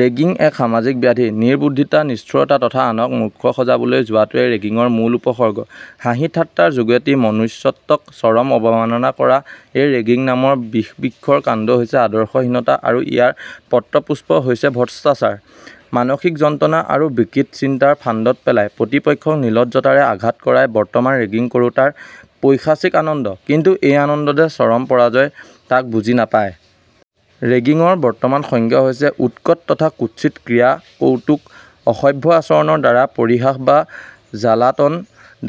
Ragging এক সামাজিক ব্যাধি। নিৰ্বুদ্ধিতা, নিষ্ঠুৰতা তথা আনক মূৰ্খ সজাবলৈ যোৱাটোৱেই ৰেগিঙৰ মূল উপসৰ্গ। হাঁহি-ঠাট্টাৰ যোগেদি মনুষ্যত্বক চৰম অবমাননা কৰা এই ৰেগিং নামৰ বিষবৃক্ষৰ কাণ্ড হৈছে আদৰ্শহীনতা আৰু ইয়াৰ পত্ৰপুষ্প হৈছে ভ্ৰষ্টাচাৰ। মানসিক যন্ত্ৰণা আৰু বিকৃত চিন্তাৰ ফান্দত পেলাই প্ৰতিপক্ষক নিলজ্জতাৰে আঘাত কৰাই বৰ্তমান ৰেগিং কৰোতাৰ পৈশাচিক আনন্দ ৷ কিন্তু এই আনন্দ যে চৰম পৰাজয় তাক বুজি নাপায়। ৰেগিঙৰ বৰ্তমান সংজ্ঞা হৈছে উৎকট তথা কুৎসিত ক্ৰীড়া কৌতুক; অসভ্য আচৰণৰ দ্বাৰা পৰিহাস বা জ্বালাতন।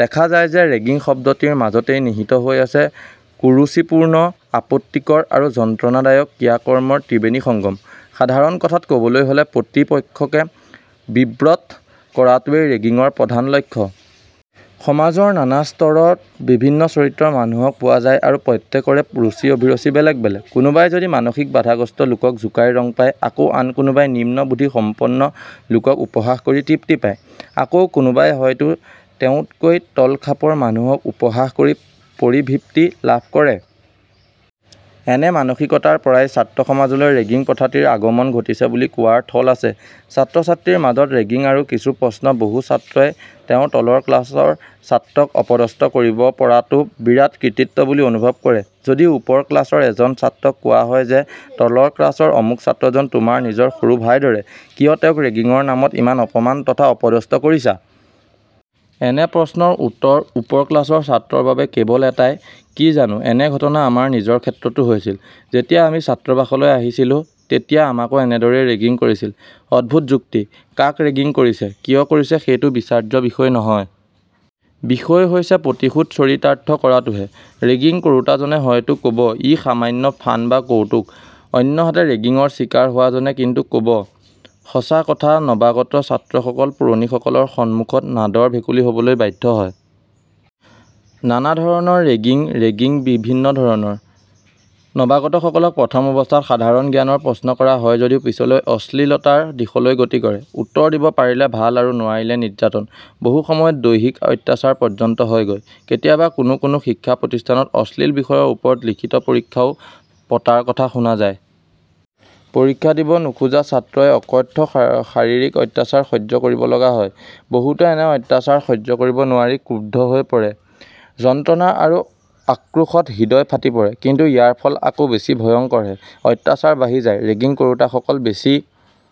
দেখা যায় যে ৰেগিং শব্দটিৰ মাজতেই নিহিত হৈ আছে কুৰুচিপূৰ্ণ, আপত্তিকৰ আৰু যন্ত্ৰণাদায়ক ক্ৰিয়াকৰ্মৰ ত্ৰিবেণীসংগম। সাধাৰণ কথাত ক'বলৈ হ'লে প্ৰতিপক্ষকে বিব্ৰত কৰাটোৱেই ৰেগিঙৰ প্ৰধান লক্ষ্য। সমাজৰ নানা স্তৰত ভিন্ন চৰিত্ৰৰ মানুহক পোৱা যায় আৰু প্ৰত্যেকৰে ৰুচি-অভিৰুচি বেলেগ বেলেগ। কোনোবাই যদি মানসিক বাধাগ্ৰস্ত লোকক জোকাই ৰং পায় আকৌ আন কোনোবাই নিম্ন বুদ্ধিসম্পন্ন লোকক উপহাস কৰি তৃপ্তি পায়। আকৌ কোনোবাই হয়তো তেওঁতকৈ তলখাপৰ মানুহক উপহাস কৰি পৰিভৃপ্তি লাভ কৰে। এনে মানসিকতাৰ পৰাই ছাত্ৰসমাজলৈ ৰেগিং প্ৰথাটিৰ আগমন ঘটিছে বুলি কোৱাৰ থল আছে। ছাত্ৰ-ছাত্ৰীৰ মাজত ৰেগিং আৰু কিছু প্ৰশ্ন বহু ছাত্ৰই তেওঁৰ তলৰ ক্লাচৰ ছাত্ৰক অপদস্থ কৰিব পৰাটো বিৰাট কৃতিত্ব বুলি অনুভৱ কৰে। যদি ওপৰ ক্লাচৰ এজন ছাত্ৰক কোৱা হয় যে, তলৰ ক্লাচৰ অমুক ছাত্ৰজন তোমাৰ নিজৰ সৰু ভাইৰ দৰে, কিয় তেওঁক ৰেগিঙৰ নামত ইমান অপমান তথা অপদস্থ কৰিছা? এনে প্ৰশ্নৰ উত্তৰ ওপৰ ক্লাছৰ ছাত্ৰৰ বাবে কেৱল এটাই- "কি জানো, এনে ঘটনা আমাৰ নিজৰ ক্ষেত্ৰতো হৈছিল। যেতিয়া আমি ছাত্ৰাবাসলৈ আহিছিলো তেতিয়া আমাকো এনেদৰেই ৰেগিং কৰিছিল। " অদ্ভুত যুক্তি, কাক ৰেগিং কৰিছে, কিয় কৰিছে সেইটো বিচাৰ্য বিষয় নহয়। বিষয় হৈছে প্ৰতিশোধ চৰিতাৰ্থ কৰাটোহে। ৰেগিং কৰোতাজনে হয়তো ক'ব- ই সামান্য 'ফান' বা কৌতুক। অন্যহাতে ৰেগিঙৰ চিকাৰ হোৱাজনে কিন্তু ক'ব, ",."! সঁচা কথা, নবাগত ছাত্ৰসকল পুৰণিসকলৰ সন্মুখত নাদৰ ভেকুলী হ'বলৈ বাধ্য হয়। নানাধৰণৰ ৰেগিং ৰেগিংবিভিন্ন ধৰণৰ। নবাগতসকলক প্ৰথম অৱস্থাত সাধাৰণ জ্ঞানৰ প্ৰশ্ন কৰা হয় যদিও পিছলৈ অশ্লীলতাৰ দিশলৈ গতি কৰে। উত্তৰ দিব পাৰিলে ভাল আৰু নোৱাৰিলে নিৰ্যাতন। বহুসময়ত দৈহিক অত্যাচাৰ পৰ্যন্ত হয়গৈ। কেতিয়াবা কোনো কোনো শিক্ষা প্ৰতিষ্ঠানত অশ্লীল বিষয়ৰ ওপৰত লিখিত পৰীক্ষাও পতাৰ কথা শুনা যায়। পৰীক্ষা দিব নোখোজা ছাত্ৰই অকথ্য শাৰীৰিক অত্যাচাৰ সহ্য কৰিবলগা হয়। বহুতে এনে অত্যাচাৰ সহ্য কৰিব নোৱাৰি ক্ৰুদ্ধ হৈ পৰে৷ যন্ত্ৰণা আৰু আক্ৰোশত হৃদয় ফাটি পৰে; কিন্তু ইয়াৰ ফল আকৌ বেছি ভয়ঙ্কৰহে। অত্যাচাৰ বাঢ়ি যায়, ৰেগিং কৰোতাসকল বেছি